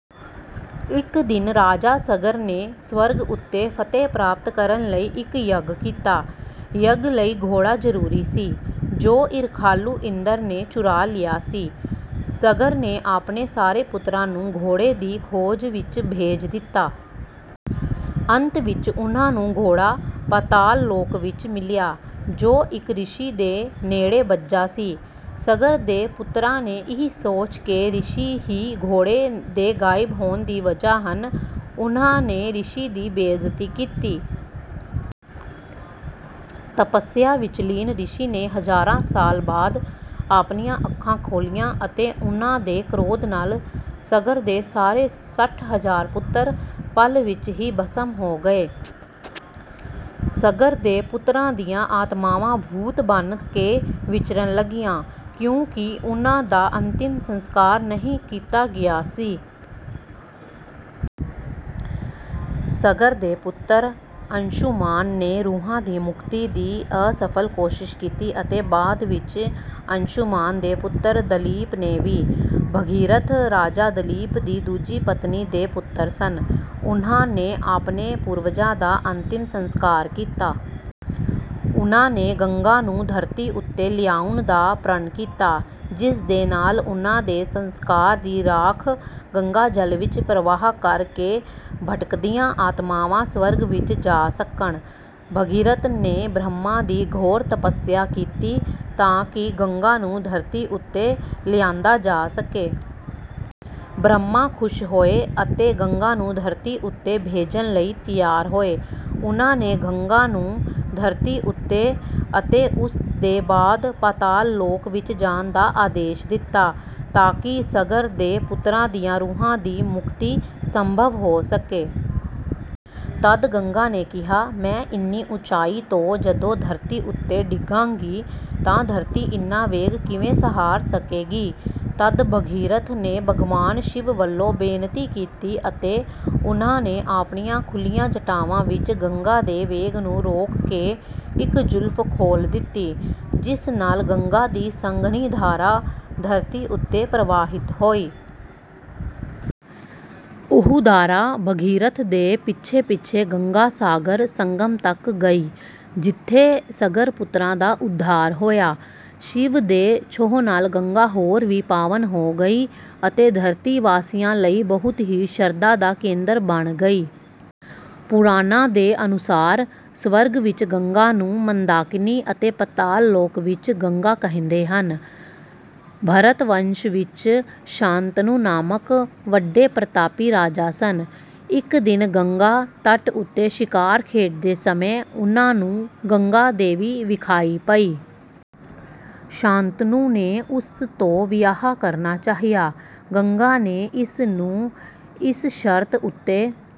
ਇੱਕ ਦਿਨ ਰਾਜਾ ਸਗਰ ਨੇ ਸਵਰਗ ਉੱਤੇ ਫਤਹਿ ਪ੍ਰਾਪਤ ਕਰਨ ਲਈ ਇੱਕ ਯੱਗ ਕੀਤਾ। ਯੱਗ ਲਈ ਘੋੜਾ ਜ਼ਰੂਰੀ ਸੀ, ਜੋ ਈਰਖਾਲੂ ਇੰਦਰ ਨੇ ਚੁਰਾ ਲਿਆ ਸੀ। ਸਗਰ ਨੇ ਆਪਣੇ ਸਾਰੇ ਪੁੱਤਰਾਂ ਨੂੰ ਘੋੜੇ ਦੀ ਖੋਜ ਵਿੱਚ ਭੇਜ ਦਿੱਤਾ। ਅੰਤ ਵਿੱਚ ਉਨ੍ਹਾਂ ਨੂੰ ਘੋੜਾ ਪਾਤਾਲ ਲੋਕ ਵਿੱਚ ਮਿਲਿਆ, ਜੋ ਇੱਕ ਰਿਸ਼ੀ ਦੇ ਨੇੜੇ ਬੱਝਾ ਸੀ। ਸਗਰ ਦੇ ਪੁੱਤਰਾਂ ਨੇ ਇਹ ਸੋਚ ਕੇ ਕਿ ਰਿਸ਼ੀ ਹੀ ਘੋੜੇ ਦੇ ਗਾਇਬ ਹੋਣ ਦੀ ਵਜ੍ਹਾ ਹਨ, ਉਨ੍ਹਾਂ ਨੇ ਰਿਸ਼ੀ ਦੀ ਬੇਇੱਜ਼ਤੀ ਕੀਤੀ। ਤਪੱਸਿਆ ਵਿੱਚ ਲੀਨ ਰਿਸ਼ੀ ਨੇ ਹਜ਼ਾਰਾਂ ਸਾਲ ਬਾਅਦ ਆਪਣੀਆਂ ਅੱਖਾਂ ਖੋਲ੍ਹੀਆਂ ਅਤੇ ਉਨ੍ਹਾਂ ਦੇ ਕ੍ਰੋਧ ਨਾਲ ਸਗਰ ਦੇ ਸਾਰੇ ਸੱਠ ਹਜ਼ਾਰ ਪੁੱਤਰ ਪਲ ਵਿੱਚ ਹੀ ਭਸਮ ਹੋ ਗਏ। ਸਗਰ ਦੇ ਪੁੱਤਰਾਂ ਦੀਆਂ ਆਤਮਾਵਾਂ ਭੂਤ ਬਣ ਕੇ ਵਿਚਰਨ ਲੱਗੀਆਂ, ਕਿਉਂਕਿ ਉਨ੍ਹਾਂ ਦਾ ਅੰਤਿਮ ਸੰਸਕਾਰ ਨਹੀਂ ਕੀਤਾ ਗਿਆ ਸੀ। ਸਗਰ ਦੇ ਪੁੱਤਰ ਅੰਸ਼ੁਮਾਨ ਨੇ ਰੂਹਾਂ ਦੀ ਮੁਕਤੀ ਦੀ ਅਸਫਲ ਕੋਸ਼ਿਸ਼ ਕੀਤੀ ਅਤੇ ਬਾਅਦ ਵਿੱਚ ਅੰਸ਼ੁਮਾਨ ਦੇ ਪੁੱਤਰ ਦਲੀਪ ਨੇ ਵੀ। ਭਗੀਰਥ ਰਾਜਾ ਦਲੀਪ ਦੀ ਦੂਜੀ ਪਤਨੀ ਦੇ ਪੁੱਤਰ ਸਨ। ਉਨ੍ਹਾਂ ਨੇ ਆਪਣੇ ਪੂਰਵਜਾਂ ਦਾ ਅੰਤਿਮ ਸੰਸਕਾਰ ਕੀਤਾ। ਉਨ੍ਹਾਂ ਨੇ ਗੰਗਾ ਨੂੰ ਧਰਤੀ ਉੱਤੇ ਲਿਆਉਣ ਦਾ ਪ੍ਰਣ ਕੀਤਾ, ਜਿਸ ਦੇ ਨਾਲ ਉਨ੍ਹਾਂ ਦੇ ਸੰਸਕਾਰ ਦੀ ਰਾਖ ਗੰਗਾਜਲ ਵਿੱਚ ਪ੍ਰਵਾਹ ਕਰਕੇ ਭਟਕਦੀਆਂ ਆਤਮਾਵਾਂ ਸਵਰਗ ਵਿੱਚ ਜਾ ਸਕਣ। ਭਗੀਰਥ ਨੇ ਬ੍ਰਹਮਾ ਦੀ ਘੋਰ ਤਪੱਸਿਆ ਕੀਤੀ, ਤਾਂਕਿ ਗੰਗਾ ਨੂੰ ਧਰਤੀ ਉੱਤੇ ਲਿਆਂਦਾ ਜਾ ਸਕੇ। ਬ੍ਰਹਮਾ ਖੁਸ਼ ਹੋਏ ਅਤੇ ਗੰਗਾ ਨੂੰ ਧਰਤੀ ਉੱਤੇ ਭੇਜਣ ਲਈ ਤਿਆਰ ਹੋਏ। ਉਨ੍ਹਾਂ ਨੇ ਗੰਗਾ ਨੂੰ ਧਰਤੀ ਉੱਤੇ ਅਤੇ ਉਸ ਦੇ ਬਾਅਦ ਪਾਤਾਲ ਲੋਕ ਵਿੱਚ ਜਾਣ ਦਾ ਆਦੇਸ਼ ਦਿੱਤਾ, ਤਾਂਕਿ ਸਗਰ ਦੇ ਪੁੱਤਰਾਂ ਦੀਆਂ ਰੂਹਾਂ ਦੀ ਮੁਕਤੀ ਸੰਭਵ ਹੋ ਸਕੇ। ਤਦ ਗੰਗਾ ਨੇ ਕਿਹਾ, “ਮੈਂ ਇੰਨੀ ਉੱਚਾਈ ਤੋਂ ਜਦੋਂ ਧਰਤੀ ਉੱਤੇ ਡਿੱਗਾਂਗੀ, ਤਾਂ ਧਰਤੀ ਇੰਨਾ ਵੇਗ ਕਿਵੇਂ ਸਹਾਰ ਸਕੇਗੀ?” ਤਦ ਭਗੀਰਥ ਨੇ ਭਗਵਾਨ ਸ਼ਿਵ ਵੱਲੋਂ ਬੇਨਤੀ ਕੀਤੀ ਅਤੇ ਉਨ੍ਹਾਂ ਨੇ ਆਪਣੀਆਂ ਖੁੱਲ੍ਹੀਆਂ ਜਟਾਵਾਂ ਵਿੱਚ ਗੰਗਾ ਦੇ ਵੇਗ ਨੂੰ ਰੋਕ ਕੇ ਇੱਕ ਜੁਲਫ਼ ਖੋਲ੍ਹ ਦਿੱਤੀ, ਜਿਸ ਨਾਲ ਗੰਗਾ ਦੀ ਸੰਘਣੀ ਧਾਰਾ ਧਰਤੀ ਉੱਤੇ ਪ੍ਰਵਾਹਿਤ ਹੋਈ। ਉਹ ਧਾਰਾ ਭਗੀਰਥ ਦੇ ਪਿੱਛੇ-ਪਿੱਛੇ ਗੰਗਾ ਸਾਗਰ ਸੰਗਮ ਤੱਕ ਗਈ, ਜਿੱਥੇ ਸਗਰ-ਪੁੱਤਰਾਂ ਦਾ ਉੱਧਾਰ ਹੋਇਆ। ਸ਼ਿਵ ਦੇ ਛੋਹ ਨਾਲ ਗੰਗਾ ਹੋਰ ਵੀ ਪਾਵਨ ਹੋ ਗਈ ਅਤੇ ਧਰਤੀ ਵਾਸੀਆਂ ਲਈ ਬਹੁਤ ਹੀ ਸ਼ਰਧਾ ਦਾ ਕੇਂਦਰ ਬਣ ਗਈ। ਪੁਰਾਣਾਂ ਦੇ ਅਨੁਸਾਰ, ਸਵਰਗ ਵਿੱਚ ਗੰਗਾ ਨੂੰ ਮੰਦਾਕਿਨੀ ਅਤੇ ਪਾਤਾਲ ਲੋਕ ਵਿੱਚ ਗੰਗਾ ਕਹਿੰਦੇ ਹਨ। ਭਰਤਵੰਸ਼ ਵਿੱਚ ਸ਼ਾਂਤਨੁ ਨਾਮਕ ਵੱਡੇ ਪ੍ਰਤਾਪੀ ਰਾਜਾ ਸਨ। ਇੱਕ ਦਿਨ ਗੰਗਾ ਤਟ ਉੱਤੇ ਸ਼ਿਕਾਰ ਖੇਡਦੇ ਸਮੇਂ ਉਨ੍ਹਾਂ ਨੂੰ ਗੰਗਾ ਦੇਵੀ ਵਿਖਾਈ ਪਈ। ਸ਼ਾਂਤਨੁ ਨੇ ਉਸ ਤੋਂ ਵਿਆਹ ਕਰਨਾ ਚਾਹਿਆ। ਗੰਗਾ ਨੇ ਇਸ ਨੂੰ ਇਸ ਸ਼ਰਤ ਉੱਤੇ...